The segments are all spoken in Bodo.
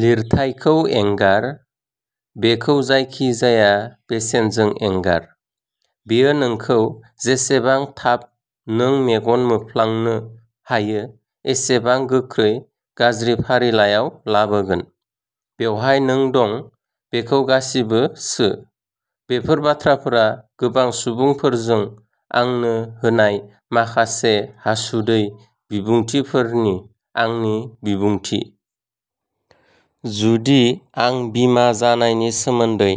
लिरथाइखौ एंगार। बेखौ जायखिजाया बेसेनजों एंगार। बेयो नोंखौ जेसेबां थाब नों मेगन मोफ्लांनो हायो एसेबां गोख्रै गाज्रि फारिलाइआव लाबोगोन। बेवहाय नों दं। बेखौ गासिबो सो। बेफोर बाथ्राफोरा गोबां सुबुंफोरजों आंनो होनाय माखासे हासुदै बिबुंथिफोरनि आंनि बिबुंथि। जुदि आं बिमा जानायनि सोमोन्दै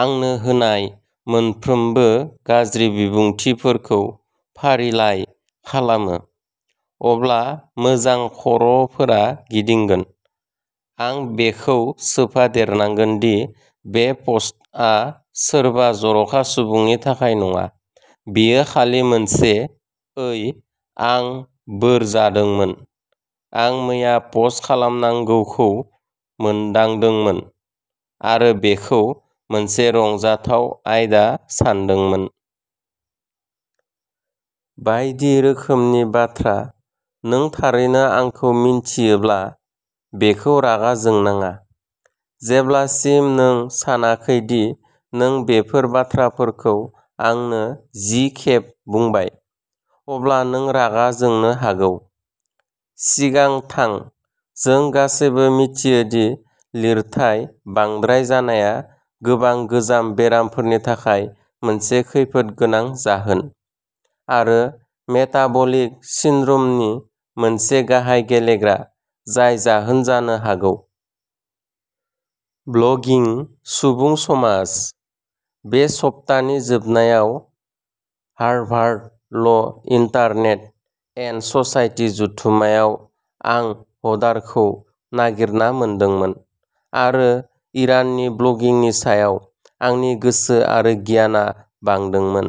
आंनो होनाय मोनफ्रोमबो गाज्रि बिबुंथिफोरखौ फारिलाइ खालामो, अब्ला मोजांखर'फोरा गिदिंगोन। आं बेखौ सोफादेरनांगोन दि बे पस्टआ सोरबा जर'खा सुबुंनि थाखाय नङा। बेयो खालि मोनसे "ओइ आं बोर जादोंमोन, आं मैया पस्ट खालामनांगौखौ मोनदांदोंमोन, आरो बेखौ मोनसे रंजाथाव आयदा सानदोंमोन। " बायदि रोखोमनि बाथ्रा। नों थारैनो आंखौ मिन्थियोब्ला, बेखौ रागा जोंनाङा। जेब्लासिम नों सानाखै दि नों बेफोर बाथ्राफोरखौ आंनो जि खेब बुंबाय। अब्ला नों रागा जोंनो हागौ। सिगां थां। जों गासैबो मिथियो दि लिरथाइ बांद्राय जानाया गोबां गोजाम बेरामफोरनि थाखाय मोनसे खैफोदगोनां जाहोन, आरो मेटाबलिक सिन्ड्रमनि मोनसे गाहाय गेलेग्रा, जाय जाहोन जानो हागौ। ब्लगिं सुबुं समाज। बे सप्तानि जोबनायाव हार्भार्ड ल इन्टारनेट एन्ड ससाइटि जथुम्मायाव आं हडारखौ नागिरना मोनदोंमोन आरो इराननि ब्लगिंनि सायाव आंनि गोसो आरो गियानआ बांदोंमोन।